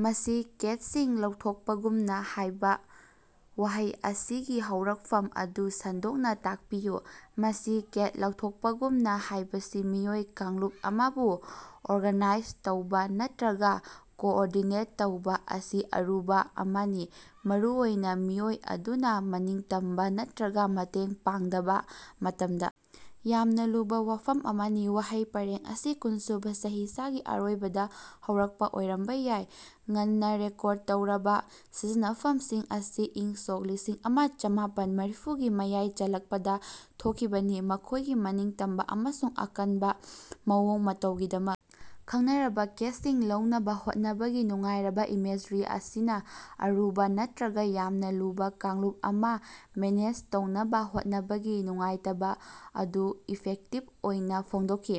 ꯃꯁꯤ ꯀꯦꯠꯁꯤꯡ ꯂꯧꯊꯣꯛꯄꯒꯨꯝꯅꯥ ꯍꯥꯏꯕꯥ ꯋꯥꯍꯩ ꯑꯁꯤꯒꯤ ꯍꯧꯔꯛꯐꯝ ꯑꯗꯨ ꯁꯟꯗꯣꯛꯅꯥ ꯇꯥꯛꯄꯤꯌꯨ꯫ ꯃꯁꯤ ꯀꯦꯠ ꯂꯧꯊꯣꯛꯄꯒꯨꯝꯅꯥ ꯍꯥꯏꯕꯁꯤ ꯃꯤꯑꯣꯏ ꯀꯥꯡꯂꯨꯞ ꯑꯃꯕꯨ ꯑꯣꯔꯒꯥꯅꯥꯏꯖ ꯇꯧꯕꯥ ꯅꯠꯇ꯭ꯔꯒꯥ ꯀꯣꯑꯣꯔꯗꯤꯅꯦꯠ ꯇꯧꯕꯥ ꯑꯁꯤ ꯑꯔꯨꯕꯥ ꯑꯃꯅꯤ, ꯃꯔꯨꯑꯣꯏꯅꯥ ꯃꯤꯑꯣꯏ ꯑꯗꯨꯅꯥ ꯃꯅꯤꯡꯇꯝꯕꯥ ꯅꯠꯇ꯭ꯔꯒꯥ ꯃꯇꯦꯡ ꯄꯥꯡꯗꯕꯥ ꯃꯇꯝꯗꯥ ꯌꯥꯝꯅꯥ ꯂꯨꯕꯥ ꯋꯥꯐꯝ ꯑꯃꯅꯤ꯫ ꯋꯥꯍꯩ ꯄꯔꯦꯡ ꯑꯁꯤ ꯀꯨꯟꯁꯨꯕꯥ ꯆꯍꯤꯆꯥꯒꯤ ꯑꯔꯣꯏꯕꯗꯥ ꯍꯧꯔꯛꯄꯥ ꯑꯣꯏꯔꯝꯕꯥ ꯌꯥꯏ, ꯉꯟꯅꯥ ꯔꯦꯀꯣꯔꯗ ꯇꯧꯔꯕꯥ ꯁꯤꯖꯤꯟꯅꯐꯝꯁꯤꯡ ꯑꯁꯤ ꯏꯪ ꯁꯣꯛ ꯂꯤꯁꯤꯡ ꯑꯃꯥ ꯆꯥꯝꯃꯥꯄꯟ ꯃꯔꯤꯐꯨꯒꯤ ꯃꯌꯥꯏ ꯆꯜꯂꯛꯄꯗꯥ ꯊꯣꯛꯈꯤꯕꯅꯤ꯫ ꯃꯈꯣꯏꯒꯤ ꯃꯅꯤꯡꯇꯝꯕꯥ ꯑꯃꯁꯨꯡ ꯑꯀꯟꯕꯥ ꯃꯑꯣꯡ ꯃꯇꯧꯒꯤꯗꯃꯛ ꯈꯪꯅꯔꯕꯥ ꯀꯦꯠꯁꯤꯡ ꯂꯧꯅꯕꯥ ꯍꯣꯠꯅꯕꯒꯤ ꯅꯨꯡꯉꯥꯏꯔꯕꯥ ꯏꯃꯦꯖꯔꯤ ꯑꯁꯤꯅꯥ ꯑꯔꯨꯕꯥ ꯅꯠꯇ꯭ꯔꯒꯥ ꯌꯥꯝꯅꯥ ꯂꯨꯕꯥ ꯀꯥꯡꯂꯨꯞ ꯑꯃꯥ ꯃꯦꯅꯦꯖ ꯇꯧꯅꯕꯥ ꯍꯣꯠꯅꯕꯒꯤ ꯅꯨꯡꯉꯥꯏꯇꯕꯥ ꯑꯗꯨ ꯏꯐꯦꯛꯇꯤꯞ ꯑꯣꯏꯅꯥ ꯐꯣꯡꯗꯣꯛꯈꯤ꯫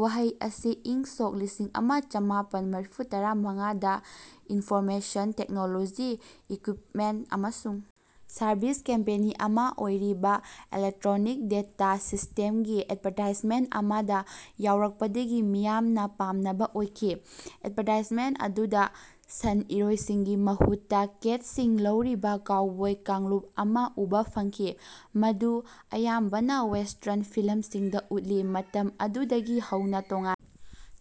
ꯋꯥꯍꯩ ꯑꯁꯤ ꯏꯪ ꯁꯣꯛ ꯂꯤꯁꯤꯡ ꯑꯃꯥ ꯆꯥꯝꯃꯥꯄꯟ ꯃꯔꯤꯐꯨꯇꯔꯥꯃꯉꯥꯗꯥ ꯏꯟꯐꯣꯔꯃꯦꯁꯟ ꯇꯦꯛꯅꯣꯂꯣꯖꯤ ꯏꯀ꯭ꯋꯤꯞꯃꯦꯟ ꯑꯃꯁꯨꯡ ꯁꯔꯕꯤꯁ ꯀꯝꯄꯦꯅꯤ ꯑꯃꯥ ꯑꯣꯏꯔꯤꯕꯥ ꯏꯂꯦꯛꯇ꯭ꯔꯣꯅꯤꯛ ꯗꯦꯇꯥ ꯁꯤꯁ꯭ꯇꯦꯝꯁꯒꯤ ꯑꯦꯠꯚꯥꯔꯇꯥꯏꯖꯃꯦꯟꯇ ꯑꯃꯗꯥ ꯌꯥꯎꯔꯛꯄꯗꯒꯤ ꯃꯤꯌꯥꯝꯅꯥ ꯄꯥꯝꯅꯕꯥ ꯑꯣꯏꯈꯤ꯫ ꯑꯦꯠꯚꯥꯔꯇꯥꯏꯖꯃꯦꯟꯇ ꯑꯗꯨꯗꯥ ꯁꯟ-ꯏꯔꯣꯏꯁꯤꯡꯒꯤ ꯃꯍꯨꯠꯇꯥ ꯀꯦꯠꯁꯤꯡ ꯂꯧꯔꯤꯕꯥ ꯀꯥꯎꯕꯣꯏ ꯀꯥꯡꯂꯨꯞ ꯑꯃꯥ ꯎꯕꯥ ꯐꯪꯈꯤ, ꯃꯗꯨ ꯑꯌꯥꯝꯕꯅꯥ ꯋꯦꯁꯇ꯭ꯔꯟ ꯐꯤꯂꯝꯁꯤꯡꯗꯥ ꯎꯠꯂꯤ꯫ ꯃꯇꯝ ꯑꯗꯨꯗꯒꯤ ꯍꯧꯅꯥ ꯇꯣꯉꯥꯟ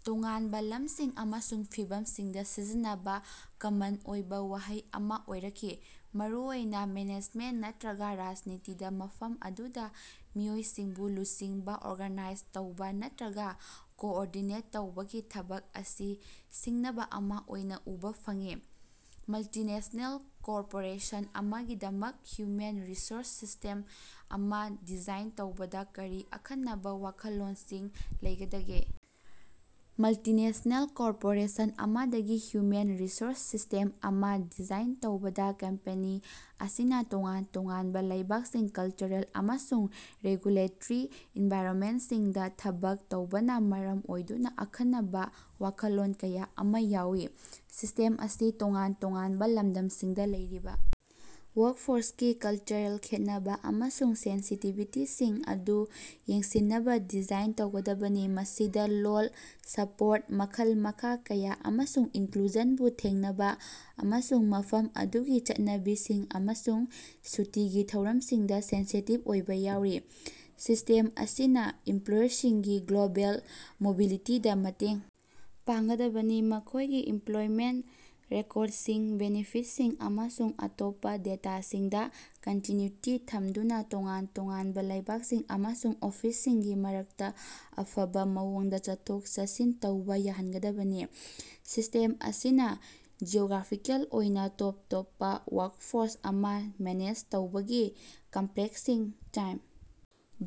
ꯇꯣꯉꯥꯟꯕꯥ ꯂꯝꯁꯤꯡ ꯑꯃꯁꯨꯡ ꯐꯤꯚꯝꯁꯤꯡꯗꯥ ꯁꯤꯖꯤꯟꯅꯕꯥ ꯀꯃꯟ ꯑꯣꯏꯕꯥ ꯋꯥꯍꯩ ꯑꯃꯥ ꯑꯣꯏꯔꯛꯈꯤ, ꯃꯔꯨꯑꯣꯏꯅꯥ ꯃꯦꯅꯦꯖꯃꯦꯟ ꯅꯠꯇ꯭ꯔꯒꯥ ꯔꯥꯖꯅꯤꯇꯤꯗꯥ, ꯃꯐꯝ ꯑꯗꯨꯗꯥ ꯃꯤꯑꯣꯏꯁꯤꯡꯕꯨ ꯂꯨꯆꯤꯡꯕꯥ, ꯑꯣꯔꯒꯅꯥꯏꯖ ꯇꯧꯕꯥ ꯅꯠꯇ꯭ꯔꯒꯥ ꯀꯣꯑꯣꯔꯗꯤꯅꯦꯠ ꯇꯧꯕꯒꯤ ꯊꯕꯛ ꯑꯁꯤ ꯁꯤꯡꯅꯕꯥ ꯑꯃꯥ ꯑꯣꯏꯅꯥ ꯎꯕꯥ ꯐꯪꯏ꯫ ꯃꯜꯇꯤꯅꯦꯁꯅꯦꯜ ꯀꯣꯔꯄꯣꯔꯦꯁꯟ ꯑꯃꯒꯤꯗꯃꯛ ꯍ꯭ꯌꯨꯃꯦꯟ ꯔꯤꯁꯣꯔꯁ ꯁꯤꯁꯇꯦꯝ ꯑꯃꯥ ꯗꯤꯖꯥꯏꯟ ꯇꯧꯕꯗꯥ ꯀꯔꯤ ꯑꯈꯟꯅꯕꯥ ꯋꯥꯈꯜꯂꯣꯟꯁꯤꯡ ꯂꯩꯒꯗꯒꯦ? ꯃꯜꯇꯤꯅꯦꯁꯅꯦꯜ ꯀꯣꯔꯄꯣꯔꯦꯁꯟ ꯑꯃꯒꯤꯗꯃꯛ ꯍ꯭ꯌꯨꯃꯦꯟ ꯔꯤꯁꯣꯔꯁ ꯁꯤꯁ꯭ꯇꯦꯝ ꯑꯃꯥ ꯗꯤꯖꯥꯏꯟ ꯇꯧꯕꯗꯥ ꯀꯝꯄꯦꯅꯤ ꯑꯁꯤꯅꯥ ꯇꯣꯉꯥꯟ ꯇꯣꯉꯥꯟꯕꯥ ꯂꯩꯕꯥꯛꯁꯤꯡ, ꯀꯜꯆꯔꯁꯤꯡ ꯑꯃꯁꯨꯡ ꯔꯦꯒꯨꯂꯦꯇꯔꯤ ꯑꯦꯟꯚꯥꯏꯔꯟꯃꯦꯟꯁꯤꯡꯗꯥ ꯊꯕꯛ ꯇꯧꯕꯅꯥ ꯃꯔꯝ ꯑꯣꯏꯗꯨꯅꯥ ꯑꯈꯟꯅꯕꯥ ꯋꯥꯈꯜꯂꯣꯟ ꯀꯌꯥ ꯑꯃꯥ ꯌꯥꯎꯏ꯫ ꯁꯤꯁꯇꯦꯝ ꯑꯁꯤ ꯇꯣꯉꯥꯟ ꯇꯣꯉꯥꯟꯕꯥ ꯂꯝꯗꯝꯁꯤꯡꯗꯥ ꯂꯩꯔꯤꯕꯥ ꯋꯥꯛꯐꯣꯔꯁꯀꯤ ꯀꯜꯆꯔꯦꯜ ꯈꯦꯠꯅꯕꯥ ꯑꯃꯁꯨꯡ ꯁꯦꯟꯁꯤꯇꯤꯕꯤꯇꯤꯁꯤꯡ ꯑꯗꯨ ꯌꯦꯡꯁꯤꯟꯅꯕꯥ ꯗꯤꯖꯥꯏꯟ ꯇꯧꯒꯗꯕꯅꯤ꯫ ꯃꯁꯤꯗꯥ ꯂꯣꯜ, ꯁꯄꯣꯔꯠ, ꯃꯈꯜ-ꯃꯈꯥ ꯀꯌꯥ ꯑꯃꯁꯨꯡ ꯏꯟꯀ꯭ꯂꯨꯖꯟꯕꯨ ꯊꯦꯡꯅꯕꯥ ꯑꯃꯁꯨꯡ ꯃꯐꯝ ꯑꯗꯨꯒꯤ ꯆꯠꯅꯕꯤꯁꯤꯡ ꯑꯃꯁꯨꯡ ꯁꯨꯇꯤꯒꯤ ꯊꯧꯔꯝꯁꯤꯡꯗꯥ ꯁꯦꯟꯁꯤꯇꯤꯞ ꯑꯣꯏꯕꯥ ꯌꯥꯎꯔꯤ꯫ ꯁꯤꯁꯇꯦꯝ ꯑꯁꯤꯅꯥ ꯏꯃꯄ꯭ꯂꯣꯌꯤꯁꯤꯡꯒꯤ ꯒ꯭ꯂꯣꯕꯦꯜ ꯃꯣꯕꯤꯂꯤꯇꯤꯗꯥ ꯃꯇꯦꯡ ꯄꯥꯡꯒꯗꯕꯅꯤ, ꯃꯈꯣꯏꯒꯤ ꯏꯝꯄ꯭ꯂꯣꯏꯃꯦꯟ ꯔꯦꯀꯣꯠꯁꯤꯡ, ꯕꯦꯅꯤꯐꯤꯠꯁꯤꯡ ꯑꯃꯁꯨꯡ ꯑꯇꯣꯞꯄꯥ ꯗꯦꯇꯥꯁꯤꯡꯗꯥ ꯀꯟꯇꯤꯅ꯭ꯌꯨꯇꯤ ꯊꯝꯗꯨꯅꯥ ꯇꯣꯉꯥꯟ ꯇꯣꯉꯥꯟꯕꯥ ꯂꯩꯕꯥꯛꯁꯤꯡ ꯑꯃꯁꯨꯡ ꯑꯣꯐꯤꯁꯁꯤꯡꯒꯤ ꯃꯔꯛꯇꯥ ꯑꯐꯕꯥ ꯃꯑꯣꯡꯗꯥ ꯆꯠꯊꯣꯛ-ꯆꯠꯁꯤꯟ ꯇꯧꯕꯥ ꯌꯥꯍꯟꯒꯗꯕꯅꯤ꯫ ꯁꯤꯁꯇꯦꯝ ꯑꯁꯤꯅꯥ ꯖꯤꯑꯣꯒ꯭ꯔꯥꯐꯤꯀꯦꯜ ꯑꯣꯏꯅꯥ ꯇꯣꯞ ꯇꯣꯞꯄꯥ ꯋꯥꯛꯐꯣꯔꯁ ꯑꯃꯥ ꯃꯦꯅꯦꯖ ꯇꯧꯕꯒꯤ ꯀꯝꯄ꯭ꯂꯦꯛꯁꯁꯤꯡ, ꯇꯥꯏꯝ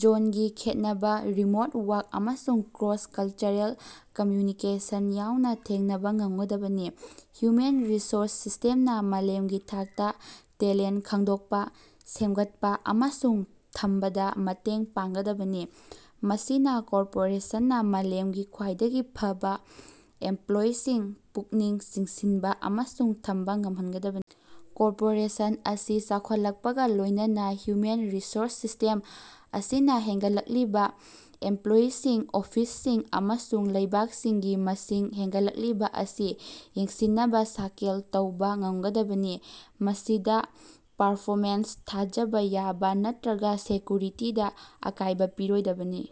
ꯖꯣꯟꯒꯤ ꯈꯦꯠꯅꯕꯥ, ꯔꯤꯃꯣꯠ ꯋꯥꯔꯛ ꯑꯃꯁꯨꯡ ꯀ꯭ꯔꯣꯁ-ꯀꯜꯆꯔꯦꯜ ꯀꯝꯃ꯭ꯌꯨꯅꯤꯀꯦꯁꯟ ꯌꯥꯎꯅꯥ ꯊꯦꯡꯅꯕꯥ ꯉꯝꯒꯗꯕꯅꯤ꯫ ꯍ꯭ꯌꯨꯃꯦꯟ ꯔꯤꯁꯣꯔꯁ ꯁꯤꯁꯇꯦꯝꯅꯥ ꯃꯥꯂꯦꯝꯒꯤ ꯊꯥꯛꯇꯥ ꯇꯦꯂꯦꯟ ꯈꯪꯗꯣꯛꯄꯥ, ꯁꯦꯝꯒꯠꯄꯥ ꯑꯃꯁꯨꯡ ꯊꯝꯕꯗꯥ ꯃꯇꯦꯡ ꯄꯥꯡꯒꯗꯕꯅꯤ, ꯃꯁꯤꯅꯥ ꯀꯣꯔꯄꯣꯔꯦꯁꯟꯅꯥ ꯃꯥꯂꯦꯝꯒꯤ ꯈ꯭ꯋꯥꯏꯗꯒꯤ ꯐꯕꯥ ꯑꯦꯝꯄ꯭ꯂꯣꯏꯁꯤꯡ ꯄꯨꯛꯅꯤꯡ ꯆꯤꯡꯁꯤꯟꯕꯥ ꯑꯃꯁꯨꯡ ꯊꯝꯕꯥ ꯉꯝꯍꯟꯒꯗꯕꯅꯤ꯫ ꯀꯣꯔꯄꯣꯔꯦꯁꯟ ꯑꯁꯤ ꯆꯥꯎꯈꯠꯂꯛꯄꯒꯥ ꯂꯣꯏꯅꯅꯥ, ꯍ꯭ꯌꯨꯃꯦꯟ ꯔꯤꯁꯣꯔꯁ ꯁꯤꯁ꯭ꯇꯦꯝ ꯑꯁꯤꯅꯥ ꯍꯦꯟꯒꯠꯂꯛꯂꯤꯕꯥ ꯑꯦꯝꯄ꯭ꯂꯣꯌꯤꯁꯤꯡ, ꯑꯣꯐꯤꯁꯁꯤꯡ ꯑꯃꯁꯨꯡ ꯂꯩꯕꯥꯛꯁꯤꯡꯒꯤ ꯃꯁꯤꯡ ꯍꯦꯟꯒꯠꯂꯛꯂꯤꯕꯥ ꯑꯁꯤ ꯌꯦꯡꯁꯤꯟꯅꯕꯥ ꯁ꯭ꯀꯦꯜ ꯇꯧꯕꯥ ꯉꯝꯒꯗꯕꯅꯤ, ꯃꯁꯤꯗꯥ ꯄꯔꯐꯣꯃꯦꯟꯁ, ꯊꯥꯖꯕꯥ ꯌꯥꯕꯥ ꯅꯠꯇ꯭ꯔꯒꯥ ꯁꯦꯀ꯭ꯌꯨꯔꯤꯇꯤꯗꯥ ꯑꯀꯥꯏꯕꯥ ꯄꯤꯔꯣꯏꯗꯕꯅꯤ꯫